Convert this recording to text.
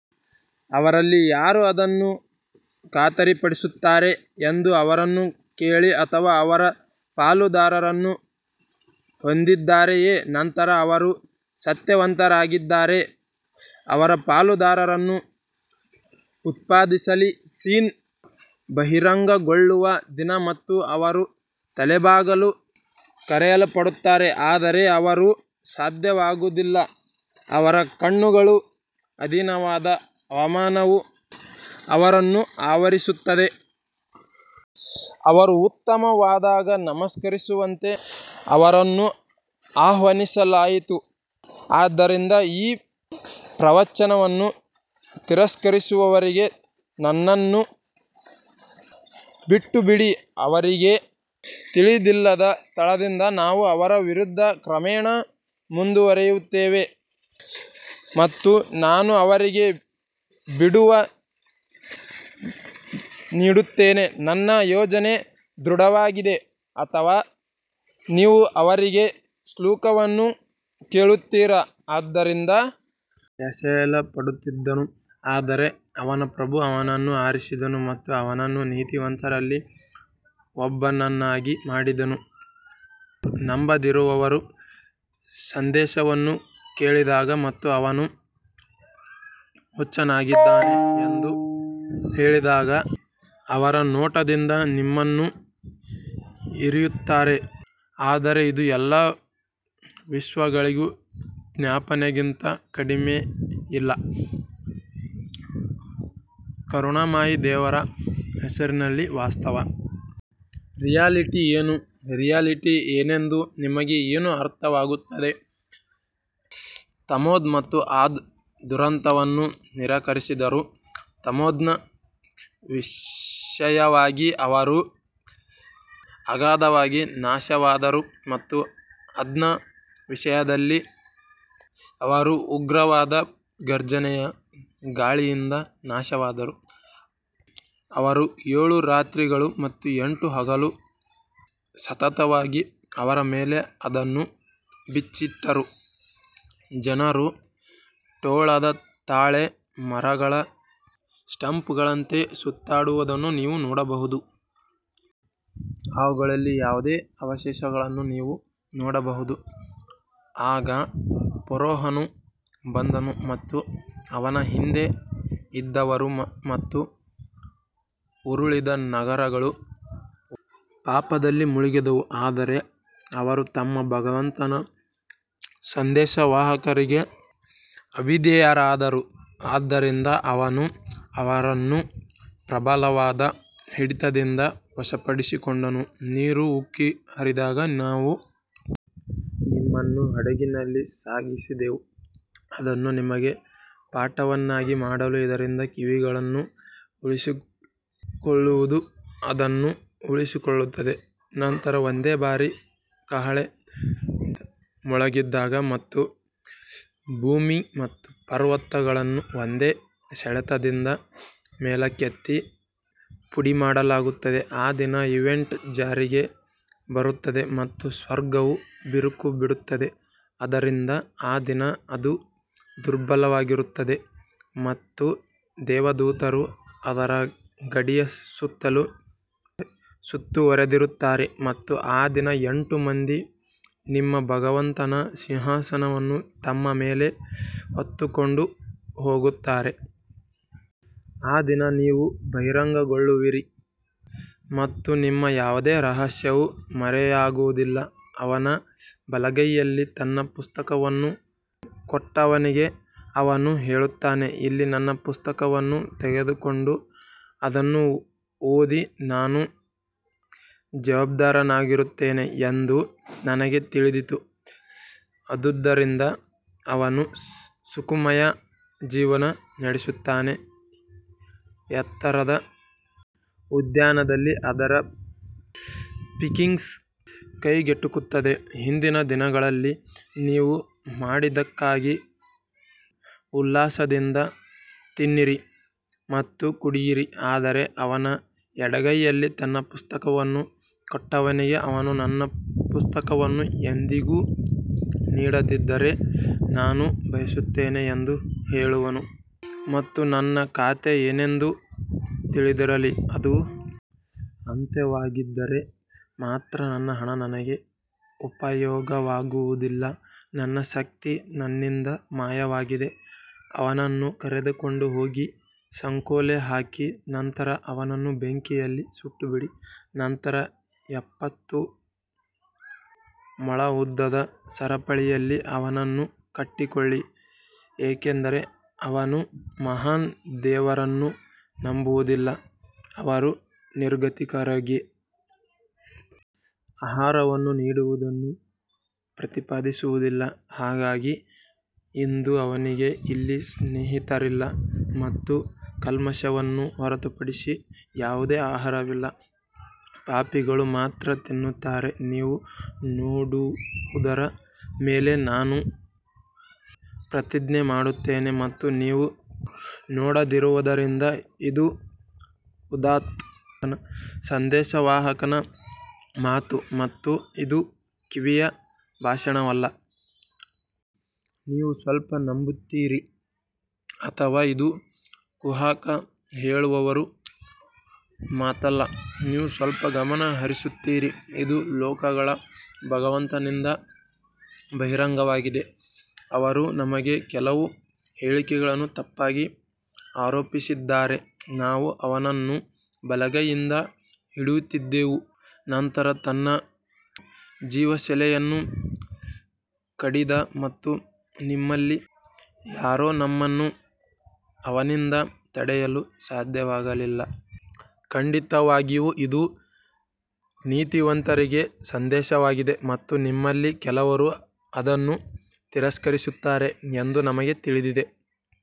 ಅವರಲ್ಲಿ ಯಾರು ಅದನ್ನು ಖಾತರಿಪಡಿಸುತ್ತಾರೆ ಎಂದು ಅವರನ್ನು ಕೇಳಿ ಅಥವಾ ಅವರು ಪಾಲುದಾರರನ್ನು ಹೊಂದಿದ್ದಾರೆಯೇ ನಂತರ ಅವರು ಸತ್ಯವಂತರಾಗಿದ್ದರೆ ಅವರ ಪಾಲುದಾರರನ್ನು ಉತ್ಪಾದಿಸಲಿ ಶಿನ್ ಬಹಿರಂಗಗೊಳ್ಳುವ ದಿನ ಮತ್ತು ಅವರು ತಲೆಬಾಗಲು ಕರೆಯಲ್ಪಡುತ್ತಾರೆ ಆದರೆ ಅವರು ಸಾಧ್ಯವಾಗುವುದಿಲ್ಲ ಅವರ ಕಣ್ಣುಗಳು ಅಧೀನವಾದ ಅವಮಾನವು ಅವರನ್ನು ಆವರಿಸುತ್ತದೆ, ಅವರು ಉತ್ತಮವಾದಾಗ ನಮಸ್ಕರಿಸುವಂತೆ ಅವರನ್ನು ಆಹ್ವಾನಿಸಲಾಯಿತು ಆದ್ದರಿಂದ ಈ ಪ್ರವಚನವನ್ನು ತಿರಸ್ಕರಿಸುವವರಿಗೆ ನನ್ನನ್ನು ಬಿಟ್ಟುಬಿಡಿ, ಅವರಿಗೆ ತಿಳಿದಿಲ್ಲದ ಸ್ಥಳದಿಂದ ನಾವು ಅವರ ವಿರುದ್ಧ ಕ್ರಮೇಣ ಮುಂದುವರಿಯುತ್ತೇವೆ ಮತ್ತು ನಾನು ಅವರಿಗೆ ಬಿಡುವು ನೀಡುತ್ತೇನೆ ನನ್ನ ಯೋಜನೆ ದೃಢವಾಗಿದೆ ಅಥವಾ ನೀವು ಅವರಿಗೆ ಶುಲ್ಕವನ್ನು ಕೇಳುತ್ತೀರಾ ಆದ್ದರಿಂದ ಎಸೆಯಲ್ಪಡುತ್ತಿದ್ದನು ಆದರೆ ಅವನ ಪ್ರಭು ಅವನನ್ನು ಆರಿಸಿದನು ಮತ್ತು ಅವನನ್ನು ನೀತಿವಂತರಲ್ಲಿ ಒಬ್ಬನನ್ನಾಗಿ ಮಾಡಿದನು ನಂಬದಿರುವವರು ಸಂದೇಶವನ್ನು ಕೇಳಿದಾಗ ಮತ್ತು ಅವನು ಹುಚ್ಚನಾಗಿದ್ದಾನೆ ಎಂದು ಹೇಳಿದಾಗ ಅವರ ನೋಟದಿಂದ ನಿಮ್ಮನ್ನು ಇರಿಯುತ್ತಾರೆ ಆದರೆ ಇದು ಎಲ್ಲಾ ವಿಶ್ವಗಳಿಗೆ ಜ್ಞಾಪನೆಗಿಂತ ಕಡಿಮೆಯಿಲ್ಲ ಕರುಣಾಮಯಿ ದೇವರ ಹೆಸರಿನಲ್ಲಿ ವಾಸ್ತವ ರಿಯಾಲಿಟಿ ಏನು ರಿಯಾಲಿಟಿ ಏನೆಂದು ನಿಮಗೆ ಏನು ಅರ್ಥವಾಗುತ್ತದೆ ತಮೂದ್ ಮತ್ತು ಆದ್ ದುರಂತವನ್ನು ನಿರಾಕರಿಸಿದರು ತಮೂದ್ನ ವಿಷಯವಾಗಿ ಅವರು ಅಗಾಧವಾಗಿ ನಾಶವಾದರು ಮತ್ತು ಆದ್ನ ವಿಷಯದಲ್ಲಿ ಅವರು ಉಗ್ರವಾದ ಘರ್ಜನೆಯ ಗಾಳಿಯಿಂದ ನಾಶವಾದರು ಅವರು ಏಳು ರಾತ್ರಿಗಳು ಮತ್ತು ಎಂಟು ಹಗಲು ಸತತವಾಗಿ ಅವರ ಮೇಲೆ ಅದನ್ನು ಬಿಚ್ಚಿಟ್ಟರು, ಜನರು ಟೊಳ್ಳಾದ ತಾಳೆ ಮರಗಳ ಸ್ಟಂಪ್ಗಳಂತೆ ಸುತ್ತಾಡುವುದನ್ನು ನೀವು ನೋಡಬಹುದು. ಅವುಗಳಲ್ಲಿ ಯಾವುದೇ ಅವಶೇಷಗಳನ್ನು ನೀವು ನೋಡಬಹುದು ಆಗ ಫರೋಹನು ಬಂದನು ಮತ್ತು ಅವನ ಹಿಂದೆ ಇದ್ದವರು ಮತ್ತು ಉರುಳಿದ ನಗರಗಳು ಪಾಪದಲ್ಲಿ ಮುಳುಗಿದವು ಆದರೆ ಅವರು ತಮ್ಮ ಭಗವಂತನ ಸಂದೇಶವಾಹಕರಿಗೆ ಅವಿಧೇಯರಾದರು ಆದ್ದರಿಂದ ಅವನು ಅವರನ್ನು ಪ್ರಬಲವಾದ ಹಿಡಿತದಿಂದ ವಶಪಡಿಸಿಕೊಂಡನು ನೀರು ಉಕ್ಕಿ ಹರಿದಾಗ ನಾವು ನಿಮ್ಮನ್ನು ಹಡಗಿನಲ್ಲಿ ಸಾಗಿಸಿದೆವು ಅದನ್ನು ನಿಮಗೆ ಪಾಠವನ್ನಾಗಿ ಮಾಡಲು ಇದರಿಂದ ಕಿವಿಗಳನ್ನು ಉಳಿಸಿಕೊಳ್ಳುವುದು ಅದನ್ನು ಉಳಿಸಿಕೊಳ್ಳುತ್ತದೆ ನಂತರ ಒಂದೇ ಬಾರಿ ಕಹಳೆ ಮೊಳಗಿದಾಗ ಮತ್ತು ಭೂಮಿ ಮತ್ತು ಪರ್ವತಗಳನ್ನು ಒಂದೇ ಸೆಳೆತದಿಂದ ಮೇಲಕ್ಕೆತ್ತಿ ಪುಡಿಮಾಡಲಾಗುತ್ತದೆ ಆ ದಿನ ಈವೆಂಟ್ ಜಾರಿಗೆ ಬರುತ್ತದೆ ಮತ್ತು ಸ್ವರ್ಗವು ಬಿರುಕು ಬಿಡುತ್ತದೆ ಆದ್ದರಿಂದ ಆ ದಿನ ಅದು ದುರ್ಬಲವಾಗಿರುತ್ತದೆ ಮತ್ತು ದೇವದೂತರು ಅದರ ಗಡಿಯ ಸುತ್ತಲೂ ಸುತ್ತುವರೆದಿರುತ್ತಾರೆ ಮತ್ತು ಆ ದಿನ ಎಂಟು ಮಂದಿ ನಿಮ್ಮ ಭಗವಂತನ ಸಿಂಹಾಸನವನ್ನು ತಮ್ಮ ಮೇಲೆ ಹೊತ್ತುಕೊಂಡು ಹೋಗುತ್ತಾರೆ. ಆ ದಿನ ನೀವು ಬಹಿರಂಗಗೊಳ್ಳುವಿರಿ ಮತ್ತು ನಿಮ್ಮ ಯಾವುದೇ ರಹಸ್ಯವು ಮರೆಯಾಗುವುದಿಲ್ಲ ಅವನ ಬಲಗೈಯಲ್ಲಿ ತನ್ನ ಪುಸ್ತಕವನ್ನು ಕೊಟ್ಟವನಿಗೆ ಅವನು ಹೇಳುತ್ತಾನೆ ಇಲ್ಲಿ ನನ್ನ ಪುಸ್ತಕವನ್ನು ತೆಗೆದುಕೊಂಡು ಅದನ್ನು ಓದಿ ನಾನು ಜವಾಬ್ದಾರನಾಗಿರುತ್ತೇನೆ ಎಂದು ನನಗೆ ತಿಳಿದಿತ್ತು ಆದುದರಿಂದ ಅವನು ಸುಖಮಯ ಜೀವನ ನಡೆಸುತ್ತಾನೆ ಎತ್ತರದ ಉದ್ಯಾನದಲ್ಲಿ ಅದರ ಪಿಕ್ಕಿಂಗ್ಸ್ ಕೈಗೆಟುಕುತ್ತದೆ ಹಿಂದಿನ ದಿನಗಳಲ್ಲಿ ನೀವು ಮಾಡಿದ್ದಕ್ಕಾಗಿ ಉಲ್ಲಾಸದಿಂದ ತಿನ್ನಿರಿ ಮತ್ತು ಕುಡಿಯಿರಿ ಆದರೆ ಅವನ ಎಡಗೈಯಲ್ಲಿ ತನ್ನ ಪುಸ್ತಕವನ್ನು ಕೊಟ್ಟವನಿಗೆ ಅವನು ನನ್ನ ಪುಸ್ತಕವನ್ನು ಎಂದಿಗೂ ನೀಡದಿದ್ದರೆ ನಾನು ಬಯಸುತ್ತೇನೆ ಎಂದು ಹೇಳುವನು ಮತ್ತು ನನ್ನ ಖಾತೆ ಏನೆಂದು ತಿಳಿದಿರಲಿಲ್ಲ ಅದು ಅಂತ್ಯವಾಗಿದ್ದರೆ ಮಾತ್ರ ನನ್ನ ಹಣ ನನಗೆ ಉಪಯೋಗವಾಗುವುದಿಲ್ಲ ನನ್ನ ಶಕ್ತಿ ನನ್ನಿಂದ ಮಾಯವಾಗಿದೆ ಅವನನ್ನು ಕರೆದುಕೊಂಡು ಹೋಗಿ ಸಂಕೋಲೆ ಹಾಕಿ ನಂತರ ಅವನನ್ನು ಬೆಂಕಿಯಲ್ಲಿ ಸುಟ್ಟುಬಿಡಿ ನಂತರ ಎಪ್ಪತ್ತು ಮೊಳ ಉದ್ದದ ಸರಪಳಿಯಲ್ಲಿ ಅವನನ್ನು ಕಟ್ಟಿಕೊಳ್ಳಿ ಏಕೆಂದರೆ ಅವನು ಮಹಾನ್ ದೇವರನ್ನು ನಂಬುವುದಿಲ್ಲ ಅವರು ನಿರ್ಗತಿಕರಿಗೆ ಆಹಾರವನ್ನು ನೀಡುವುದನ್ನು ಪ್ರತಿಪಾದಿಸುವುದಿಲ್ಲ ಹಾಗಾಗಿ ಇಂದು ಅವನಿಗೆ ಇಲ್ಲಿ ಸ್ನೇಹಿತರಿಲ್ಲ ಮತ್ತು ಕಲ್ಮಶವನ್ನು ಹೊರತುಪಡಿಸಿ ಯಾವುದೇ ಆಹಾರವಿಲ್ಲ ಪಾಪಿಗಳು ಮಾತ್ರ ತಿನ್ನುತ್ತಾರೆ ನೀವು ನೋಡುವುದರ ಮೇಲೆ ನಾನು ಪ್ರತಿಜ್ಞೆ ಮಾಡುತ್ತೇನೆ ಮತ್ತು ನೀವು ನೋಡದಿರುವದರಿಂದ ಇದು ಉದಾತ್ತ ಸಂದೇಶವಾಹಕನ ಮಾತು ಮತ್ತು ಇದು ಕವಿಯ ಭಾಷಣವಲ್ಲ, ನೀವು ಸ್ವಲ್ಪ ನಂಬುತ್ತೀರಿ ಅಥವಾ ಇದು ಕುಹಕ ಹೇಳುವವರ ಮಾತಲ್ಲ, ನೀವು ಸ್ವಲ್ಪ ಗಮನ ಹರಿಸುತ್ತೀರಿ ಇದು ಲೋಕಗಳ ಭಗವಂತನಿಂದ ಬಹಿರಂಗವಾಗಿದೆ ಅವರು ನಮಗೆ ಕೆಲವು ಹೇಳಿಕೆಗಳನ್ನು ತಪ್ಪಾಗಿ ಆರೋಪಿಸಿದ್ದಾರೆ ನಾವು ಅವನನ್ನು ಬಲಗೈಯಿಂದ ಹಿಡಿಯುತ್ತಿದ್ದೆವು ನಂತರ ತನ್ನ ಜೀವಸೆಲೆಯನ್ನು ಕಡಿದ ಮತ್ತು ನಿಮ್ಮಲ್ಲಿ ಯಾರೂ ನಮ್ಮನ್ನು ಅವನಿಂದ ತಡೆಯಲು ಸಾಧ್ಯವಾಗಲಿಲ್ಲ ಖಂಡಿತವಾಗಿಯೂ ಇದು ನೀತಿವಂತರಿಗೆ ಸಂದೇಶವಾಗಿದೆ ಮತ್ತು ನಿಮ್ಮಲ್ಲಿ ಕೆಲವರು ಅದನ್ನು ತಿರಸ್ಕರಿಸುತ್ತಾರೆ ಎಂದು ನಮಗೆ ತಿಳಿದಿದೆ.